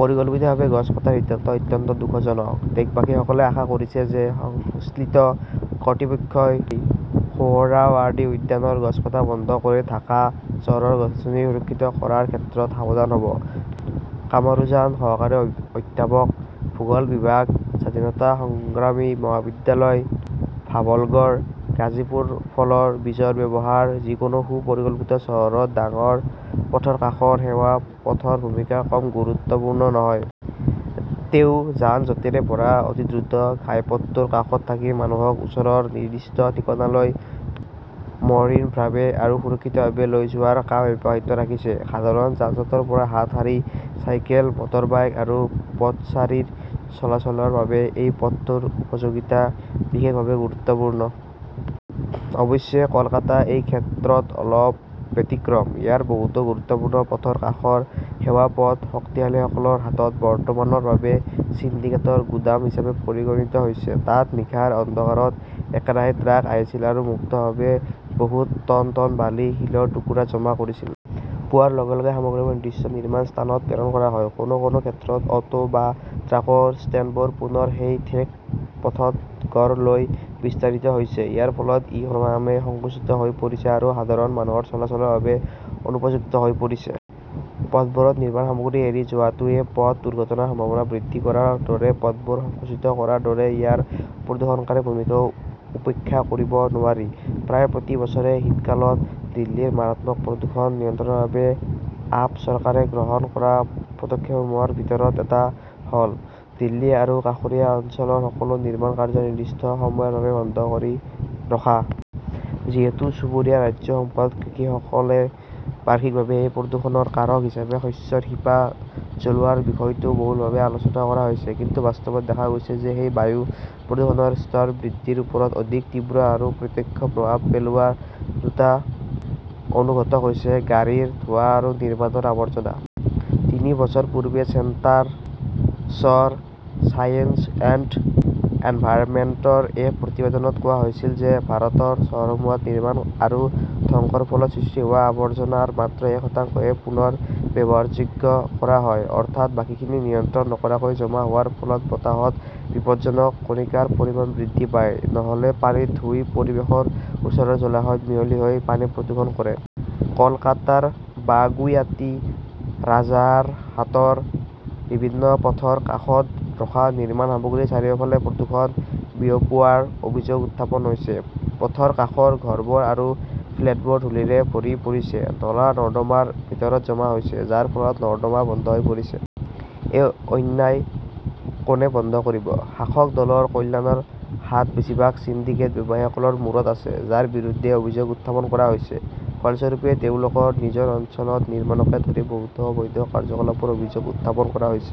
পৰিকল্পিতভাৱে গছ কটাৰ সিদ্ধান্ত অত্যন্ত দুখজনক। দেশবাসীসকলে আশা কৰিছে যে, সংশ্লিষ্ট কৰ্তৃপক্ষই সোহৰাৱাৰ্ডি উদ্যানৰ গছ কটা বন্ধ কৰি ঢাকা চহৰৰ গছ-গছনি সুৰক্ষিত কৰাৰ ক্ষেত্ৰত সাৱধান হ'ব। কামৰুজান সহকাৰী অধ্যাপক, ভূগোল বিভাগ, স্বাধীনতা সংগ্ৰামী মহাবিদ্যালয়, ভাৱালগড়, গাজীপুৰ ফলৰ বীজৰ ব্যৱহাৰ যিকোনো সু-পৰিকল্পিত চহৰত ডাঙৰ পথৰ কাষৰ সেৱা পথৰ ভূমিকা কম গুৰুত্বপূৰ্ণ নহয়। তেওঁ যান-জঁটৰে ভৰা, অতি দ্ৰুত ঘাইপথটোৰ কাষত থাকি মানুহক ওচৰৰ নিৰ্দিষ্ট ঠিকনালৈ মসৃণভাৱে আৰু সুৰক্ষিতভাৱে লৈ যোৱাৰ কাম অব্যাহত ৰাখিছে। সাধাৰণ যান-জঁটৰ পৰা হাত সাৰি চাইকেল, মটৰবাইক আৰু পথচাৰীৰ চলাচলৰ বাবে এই পথটোৰ উপযোগিতা বিশেষভাৱে গুৰুত্বপূৰ্ণ। অৱশ্যে, কলকাতা এই ক্ষেত্ৰত অলপ ব্যতিক্ৰম। ইয়াৰ বহুতো গুৰুত্বপূৰ্ণ পথৰ কাষৰ সেৱা পথ শক্তিশালীসকলৰ হাতত বৰ্তমানৰ বাবে ছিণ্ডিকেটৰ গুদাম হিচাপে পৰিগণিত হৈছে। তাত নিশাৰ অন্ধকাৰত একেৰাহে ট্ৰাক আহিছিল আৰু মুক্তভাৱে বহুত টন টন বালি, শিলৰ টুকুৰা জমা কৰিছিল। পুৱাৰ লগে লগে সামগ্ৰীবোৰ নিৰ্দিষ্ট নিৰ্মাণ স্থানত প্ৰেৰণ কৰা হয়। কোনো কোনো ক্ষেত্ৰত, অট' বা ট্ৰাকৰ ষ্টেণ্ডবোৰ পুনৰ সেই ঠেক পথত গঢ় লৈ বিস্তাৰিত হৈছে। ইয়াৰ ফলত ই ক্ৰমান্বয়ে সংকুচিত হৈ পৰিছে আৰু সাধাৰণ মানুহৰ চলাচলৰ বাবে অনুপযুক্ত হৈ পৰিছে। পথবোৰত নিৰ্মাণ সামগ্ৰী এৰি যোৱাটোৱে পথ দুৰ্ঘটনাৰ সম্ভাৱনা বৃদ্ধি কৰাৰ দৰে পথবোৰ সংকুচিত কৰাৰ দৰে ইয়াৰ প্ৰদূষণকাৰী ভূমিকাও উপেক্ষা কৰিব নোৱাৰি। প্ৰায় প্ৰতি বছৰে শীতকালত দিল্লীৰ মাৰাত্মক প্ৰদূষণ নিয়ন্ত্ৰণৰ বাবে আপ চৰকাৰে গ্ৰহণ কৰা পদক্ষেপসমূহৰ ভিতৰত এটা হ'ল, দিল্লী আৰু কাষৰীয়া অঞ্চলৰ সকলো নিৰ্মাণ কাৰ্য্য নিৰ্দিষ্ট সময়ৰ বাবে বন্ধ কৰি ৰখা। যিহেতু, চুবুৰীয়া ৰাজ্যসমূহত কৃষকসকলে বাৰ্ষিকভাৱে এই প্ৰদূষণৰ কাৰক হিচাপে শস্যৰ শিপা জ্বলোৱাৰ বিষয়টো বহুলভাৱে আলোচনা কৰা হৈছে, কিন্তু বাস্তৱত দেখা গৈছে যে সেই বায়ু প্ৰদূষণৰ স্তৰ বৃদ্ধিৰ ওপৰত অধিক তীব্ৰ আৰু প্ৰত্যক্ষ প্ৰভাৱ পেলোৱা দুটা অনুঘটক হৈছে গাড়ীৰ ধোঁৱা আৰু নিৰ্মাণৰ আৱৰ্জনা। তিনি বছৰ পূৰ্বে চেণ্টাৰ ছৰ ছায়েন্স এণ্ড এনভাইৰনমেণ্টৰ এক প্ৰতিবেদনত কোৱা হৈছিল যে, ভাৰতৰ চহৰসমূহত নিৰ্মাণ আৰু ধ্বংসৰ ফলত সৃষ্টি হোৱা আৱৰ্জনাৰ মাত্ৰ এক শতাংশহে পুনৰ ব্যৱহাৰযোগ্য কৰা হয়। অৰ্থাৎ, বাকীখিনি নিয়ন্ত্ৰণ নকৰাকৈ জমা হোৱাৰ ফলত বতাহত বিপদজনক কণিকাৰ পৰিমাণ বৃদ্ধি পায়, নহ'লে পানীত ধুই পৰিৱেশৰ ওচৰৰ জলাশয়ত মিহলি হৈ পানী প্ৰদূষণ কৰে। কলকাতাৰ বাগুইয়াটি, ৰাজাৰহাটৰ বিভিন্ন পথৰ কাষত ৰখা নিৰ্মাণ সামগ্ৰীৰ চাৰিওফালে প্ৰদূষণ বিয়পোৱাৰ অভিযোগ উত্থাপন হৈছে। পথৰ কাষৰ ঘৰবোৰ আৰু ফ্লেটবোৰ ধূলিৰে ভৰি পৰিছে, নলা-নৰ্দমাৰ ভিতৰত জমা হৈছে, যাৰ ফলত নৰ্দমা বন্ধ হৈ পৰিছে। এই অন্যায় কোনে বন্ধ কৰিব? শাসক দলৰ কল্যাণৰ হাত বেছিভাগ ছিণ্ডিকেট ব্যৱসায়ীসকলৰ মূৰত আছে, যাৰ বিৰুদ্ধে অভিযোগ উত্থাপন কৰা হৈছে। ফলস্বৰূপে, তেওঁলোকৰ নিজৰ অঞ্চলত নিৰ্মাণকে ধৰি বহুতো অবৈধ কাৰ্যকলাপৰ অভিযোগ উত্থাপন কৰা হৈছে।